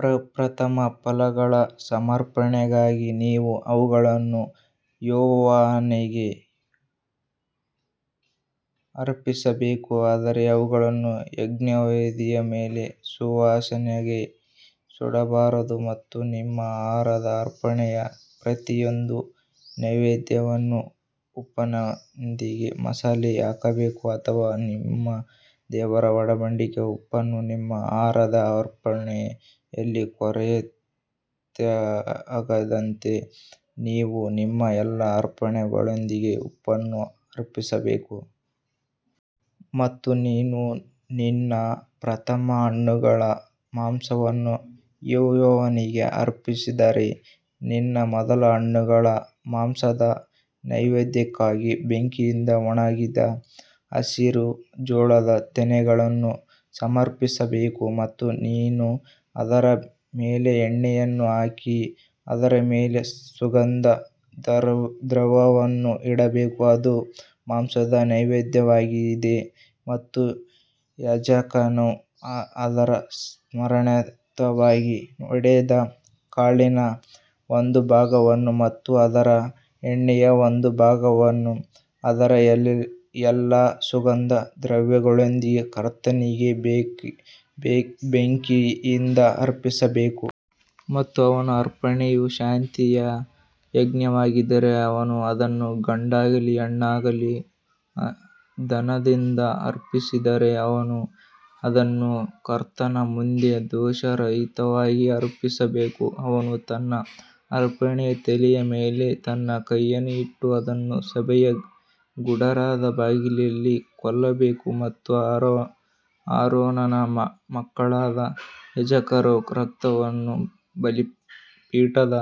ಪ್ರಪ್ರಥಮ ಫಲಗಳ ಸಮರ್ಪಣೆಗಾಗಿ ನೀವು ಅವುಗಳನ್ನು ಯೆಹೋವನಿಗೆ ಅರ್ಪಿಸಬೇಕು ಆದರೆ ಅವುಗಳನ್ನು ಯಜ್ಞವೇದಿಯ ಮೇಲೆ ಸುವಾಸನೆಗಾಗಿ ಸುಡಬಾರದು. ಮತ್ತು ನಿಮ್ಮ ಆಹಾರದ ಅರ್ಪಣೆಯ ಪ್ರತಿಯೊಂದು ನೈವೇದ್ಯವನ್ನು ಉಪ್ಪಿನೊಂದಿಗೆ ಮಸಾಲೆ ಹಾಕಬೇಕು ಅಥವಾ ನಿಮ್ಮ ದೇವರ ಒಡಂಬಡಿಕೆಯ ಉಪ್ಪನ್ನು ನಿಮ್ಮ ಆಹಾರದ ಅರ್ಪಣೆಯಲ್ಲಿ ಕೊರತೆಯಾಗದಂತೆ ನೀವು ನಿಮ್ಮ ಎಲ್ಲಾ ಅರ್ಪಣೆಗಳೊಂದಿಗೆ ಉಪ್ಪನ್ನು ಅರ್ಪಿಸಬೇಕು. ಮತ್ತು ನೀನು ನಿನ್ನ ಪ್ರಥಮ ಹಣ್ಣುಗಳ ಮಾಂಸವನ್ನು ಯೆಹೋವನಿಗೆ ಅರ್ಪಿಸಿದರೆ, ನಿನ್ನ ಮೊದಲ ಹಣ್ಣುಗಳ ಮಾಂಸದ ನೈವೇದ್ಯಕ್ಕಾಗಿ ಬೆಂಕಿಯಿಂದ ಒಣಗಿದ ಹಸಿರು ಜೋಳದ ತೆನೆಗಳನ್ನು ಸಮರ್ಪಿಸಬೇಕು. ಮತ್ತು ನೀನು ಅದರ ಮೇಲೆ ಎಣ್ಣೆಯನ್ನು ಹಾಕಿ ಅದರ ಮೇಲೆ ಸುಗಂಧ ದ್ರವ್ಯವನ್ನು ಇಡಬೇಕು ಅದು ಮಾಂಸದ ನೈವೇದ್ಯವಾಗಿದೆ ಮತ್ತು ಯಾಜಕನು ಅದರ ಸ್ಮರಣಾರ್ಥವಾಗಿ ಹೊಡೆದ ಕಾಳಿನ ಒಂದು ಭಾಗವನ್ನು ಮತ್ತು ಅದರ ಎಣ್ಣೆಯ ಒಂದು ಭಾಗವನ್ನು ಅದರ ಎಲ್ಲಾ ಸುಗಂಧ ದ್ರವ್ಯಗಳೊಂದಿಗೆ ಕರ್ತನಿಗೆ ಬೆಂಕಿಯಿಂದ ಅರ್ಪಿಸಬೇಕು. ಮತ್ತು ಅವನ ಅರ್ಪಣೆಯು ಶಾಂತಿಯ ಯಜ್ಞವಾಗಿದ್ದರೆ ಅವನು ಅದನ್ನು ಗಂಡಾಗಲಿ ಹೆಣ್ಣಾಗಲಿ ದನದಿಂದ ಅರ್ಪಿಸಿದರೆ ಅವನು ಅದನ್ನು ಕರ್ತನ ಮುಂದೆ ದೋಷರಹಿತವಾಗಿ ಅರ್ಪಿಸಬೇಕು. ಅವನು ತನ್ನ ಅರ್ಪಣೆಯ ತಲೆಯ ಮೇಲೆ ತನ್ನ ಕೈಯನ್ನು ಇಟ್ಟು ಅದನ್ನು ಸಭೆಯ ಗುಡಾರದ ಬಾಗಿಲಲ್ಲಿ ಕೊಲ್ಲಬೇಕು ಮತ್ತು ಆರೋನನ ಮಕ್ಕಳಾದ ಯಾಜಕರು ರಕ್ತವನ್ನು ಬಲಿಪೀಠದ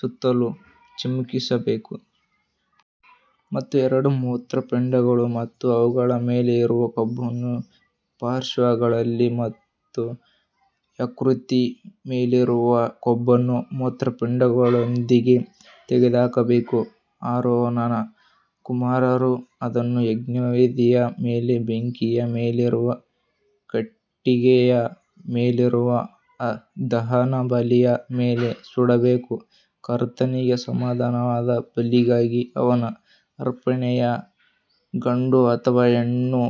ಸುತ್ತಲೂ ಚಿಮುಕಿಸಬೇಕು. ಮತ್ತು ಎರಡು ಮೂತ್ರಪಿಂಡಗಳು ಮತ್ತು ಅವುಗಳ ಮೇಲೆ ಇರುವ ಕೊಬ್ಬನ್ನು ಪಾರ್ಶ್ವಗಳಲ್ಲಿ ಮತ್ತು ಯಕೃತ್ತಿನ ಮೇಲಿರುವ ಕೊಬ್ಬನ್ನು ಮೂತ್ರಪಿಂಡಗಳೊಂದಿಗೆ ತೆಗೆದುಹಾಕಬೇಕು. ಆರೋನನ ಕುಮಾರರು ಅದನ್ನು ಯಜ್ಞವೇದಿಯ ಮೇಲೆ ಬೆಂಕಿಯ ಮೇಲಿರುವ ಕಟ್ಟಿಗೆಯ ಮೇಲಿರುವ ದಹನಬಲಿಯ ಮೇಲೆ ಸುಡಬೇಕು. ಕರ್ತನಿಗೆ ಸಮಾಧಾನದ ಬಲಿಗಾಗಿ ಅವನ ಅರ್ಪಣೆಯು ಗಂಡು ಅಥವಾ ಹೆಣ್ಣು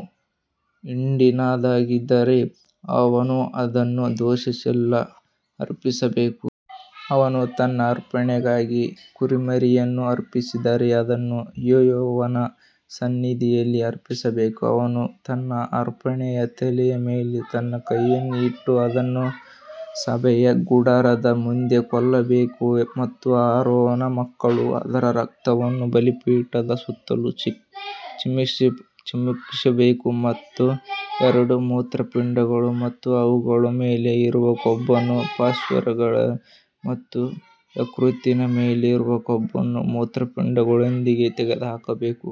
ಹಿಂಡಿನದ್ದಾಗಿದ್ದರೆ ಅವನು ಅದನ್ನು ದೋಷವಿಲ್ಲದೆ ಅರ್ಪಿಸಬೇಕು. ಅವನು ತನ್ನ ಅರ್ಪಣೆಗಾಗಿ ಕುರಿಮರಿಯನ್ನು ಅರ್ಪಿಸಿದರೆ ಅದನ್ನು ಯೆಹೋವನ ಸನ್ನಿಧಿಯಲ್ಲಿ ಅರ್ಪಿಸಬೇಕು ಅವನು ತನ್ನ ಅರ್ಪಣೆಯ ತಲೆಯ ಮೇಲೆ ತನ್ನ ಕೈಯನ್ನು ಇಟ್ಟು ಅದನ್ನು ಸಭೆಯ ಗುಡಾರದ ಮುಂದೆ ಕೊಲ್ಲಬೇಕು ಮತ್ತು ಆರೋನನ ಮಕ್ಕಳು ಅದರ ರಕ್ತವನ್ನು ಬಲಿಪೀಠದ ಸುತ್ತಲೂ ಚಿಮುಕಿಸಬೇಕು. ಮತ್ತು ಎರಡು ಮೂತ್ರಪಿಂಡಗಳು ಮತ್ತು ಅವುಗಳ ಮೇಲೆ ಇರುವ ಕೊಬ್ಬನ್ನು ಪಾರ್ಶ್ವಗಳಲ್ಲಿ ಮತ್ತು ಯಕೃತ್ತಿನ ಮೇಲಿರುವ ಕೊಬ್ಬನ್ನು ಮೂತ್ರಪಿಂಡಗಳೊಂದಿಗೆ ತೆಗೆದುಹಾಕಬೇಕು.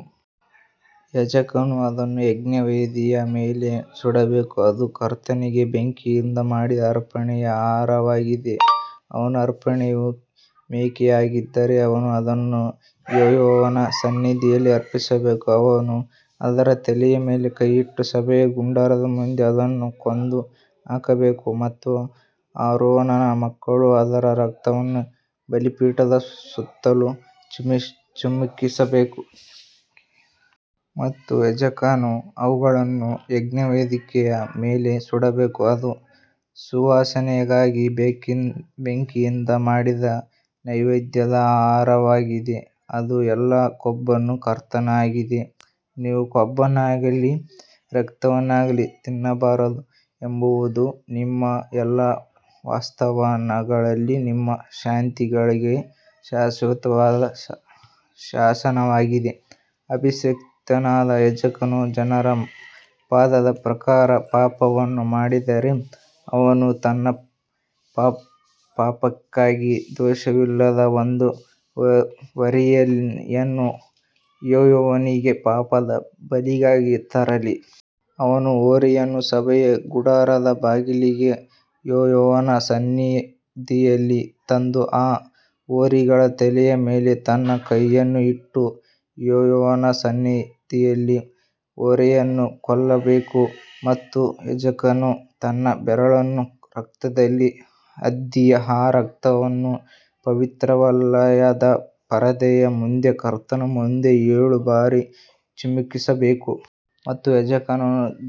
ಯಾಜಕನು ಅದನ್ನು ಯಜ್ಞವೇದಿಯ ಮೇಲೆ ಸುಡಬೇಕು ಅದು ಕರ್ತನಿಗೆ ಬೆಂಕಿಯಿಂದ ಮಾಡಿದ ಅರ್ಪಣೆಯ ಆಹಾರವಾಗಿದೆ. ಅವನ ಅರ್ಪಣೆಯು ಮೇಕೆಯಾಗಿದ್ದರೆ ಅವನು ಅದನ್ನು ಯೆಹೋವನ ಸನ್ನಿಧಿಯಲ್ಲಿ ಅರ್ಪಿಸಬೇಕು ಅವನು ಅದರ ತಲೆಯ ಮೇಲೆ ಕೈಯಿಟ್ಟು ಸಭೆಯ ಗುಡಾರದ ಮುಂದೆ ಅದನ್ನು ಕೊಂದು ಹಾಕಬೇಕು ಮತ್ತು ಆರೋನನ ಮಕ್ಕಳು ಅದರ ರಕ್ತವನ್ನು ಬಲಿಪೀಠದ ಸುತ್ತಲೂ ಚಿಮುಕಿಸಬೇಕು. ಮತ್ತು ಯಾಜಕನು ಅವುಗಳನ್ನು ಯಜ್ಞವೇದಿಯ ಮೇಲೆ ಸುಡಬೇಕು, ಅದು ಸುವಾಸನೆಗಾಗಿ ಬೆಂಕಿಯಿಂದ ಮಾಡಿದ ನೈವೇದ್ಯದ ಆಹಾರವಾಗಿದೆ, ಅದು ಎಲ್ಲಾ ಕೊಬ್ಬನ್ನು ಕರ್ತನಾಗಿದೆ. ನೀವು ಕೊಬ್ಬನ್ನಾಗಲಿ ರಕ್ತವನ್ನಾಗಲಿ ತಿನ್ನಬಾರದು ಎಂಬುದು ನಿಮ್ಮ ಎಲ್ಲಾ ವಾಸಸ್ಥಾನಗಳಲ್ಲಿ ನಿಮ್ಮ ಸಂತತಿಗಳಿಗೆ ಶಾಶ್ವತವಾದ ಶಾಸನವಾಗಿದೆ. ಅಭಿಷಿಕ್ತನಾದ ಯಾಜಕನು ಜನರ ಪಾಪದ ಪ್ರಕಾರ ಪಾಪವನ್ನು ಮಾಡಿದರೆ ಅವನು ತನ್ನ ಪಾಪಕ್ಕಾಗಿ ದೋಷವಿಲ್ಲದ ಒಂದು ಹೋರಿಯನ್ನು ಯೆಹೋವನಿಗೆ ಪಾಪದ ಬಲಿಗಾಗಿ ತರಲಿ. ಅವನು ಹೋರಿಯನ್ನು ಸಭೆಯ ಗುಡಾರದ ಬಾಗಿಲಿಗೆ ಯೆಹೋವನ ಸನ್ನಿಧಿಯಲ್ಲಿ ತಂದು ಆ ಹೋರಿಗಳ ತಲೆಯ ಮೇಲೆ ತನ್ನ ಕೈಯನ್ನು ಇಟ್ಟು ಯೆಹೋವನ ಸನ್ನಿಧಿಯಲ್ಲಿ ಹೋರಿಯನ್ನು ಕೊಲ್ಲಬೇಕು. ಮತ್ತು ಯಾಜಕನು ತನ್ನ ಬೆರಳನ್ನು ರಕ್ತದಲ್ಲಿ ಅದ್ದಿ ಆ ರಕ್ತವನ್ನು ಪವಿತ್ರಾಲಯದ ಪರದೆಯ ಮುಂದೆ ಕರ್ತನ ಮುಂದೆ ಏಳು ಬಾರಿ ಚಿಮುಕಿಸಬೇಕು. ಮತ್ತು ಯಾಜಕನು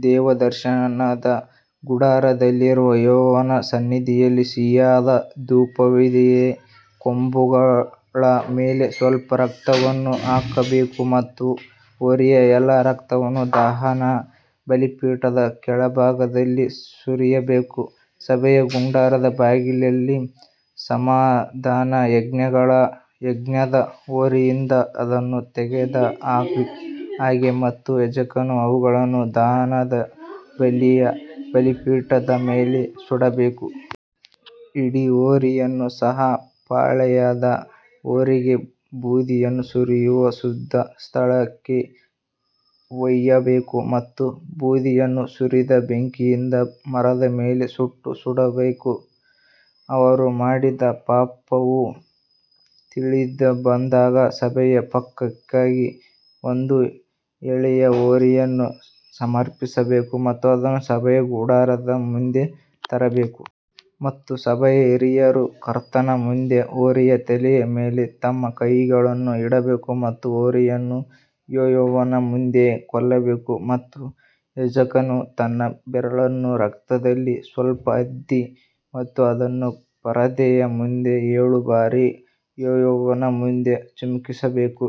ದೇವದರ್ಶನದ ಗುಡಾರದಲ್ಲಿರುವ ಯೆಹೋವನ ಸನ್ನಿಧಿಯಲ್ಲಿ ಸಿಹಿಯಾದ ಧೂಪವೇದಿಯ ಕೊಂಬುಗಳ ಮೇಲೆ ಸ್ವಲ್ಪ ರಕ್ತವನ್ನು ಹಾಕಬೇಕು ಮತ್ತು ಹೋರಿಯ ಎಲ್ಲಾ ರಕ್ತವನ್ನು ದಹನ ಬಲಿಪೀಠದ ಕೆಳಭಾಗದಲ್ಲಿ ಸುರಿಯಬೇಕು. ಸಭೆಯ ಗುಡಾರದ ಬಾಗಿಲಲ್ಲಿ ಸಮಾಧಾನಯಜ್ಞಗಳ ಯಜ್ಞದ ಹೋರಿಯಿಂದ ಅದನ್ನು ತೆಗೆದ ಹಾಗೆ ಮತ್ತು ಯಾಜಕನು ಅವುಗಳನ್ನು ದಹನಬಲಿಯ ಬಲಿಪೀಠದ ಮೇಲೆ ಸುಡಬೇಕು. ಇಡೀ ಹೋರಿಯನ್ನು ಸಹ ಪಾಳೆಯದ ಹೊರಗೆ ಬೂದಿಯನ್ನು ಸುರಿಯುವ ಶುದ್ಧ ಸ್ಥಳಕ್ಕೆ ಒಯ್ಯಬೇಕು ಮತ್ತು ಬೂದಿಯನ್ನು ಸುರಿದು ಬೆಂಕಿಯಿಂದ ಮರದ ಮೇಲೆ ಸುಟ್ಟು ಸುಡಬೇಕು. ಅವರು ಮಾಡಿದ ಪಾಪವು ತಿಳಿದುಬಂದಾಗ ಸಭೆಯು ಪಾಪಕ್ಕಾಗಿ ಒಂದು ಎಳೆಯ ಹೋರಿಯನ್ನು ಸಮರ್ಪಿಸಬೇಕು ಮತ್ತು ಅದನ್ನು ಸಭೆಯ ಗುಡಾರದ ಮುಂದೆ ತರಬೇಕು. ಮತ್ತು ಸಭೆಯ ಹಿರಿಯರು ಕರ್ತನ ಮುಂದೆ ಹೋರಿಯ ತಲೆಯ ಮೇಲೆ ತಮ್ಮ ಕೈಗಳನ್ನು ಇಡಬೇಕು ಮತ್ತು ಹೋರಿಯನ್ನು ಯೆಹೋವನ ಮುಂದೆ ಕೊಲ್ಲಬೇಕು. ಮತ್ತು ಯಾಜಕನು ತನ್ನ ಬೆರಳನ್ನು ರಕ್ತದಲ್ಲಿ ಸ್ವಲ್ಪ ಅದ್ದಿ ಮತ್ತು ಅದನ್ನು ಪರದೆಯ ಮುಂದೆ ಏಳು ಬಾರಿ ಯೆಹೋವನ ಮುಂದೆ ಚಿಮುಕಿಸಬೇಕು.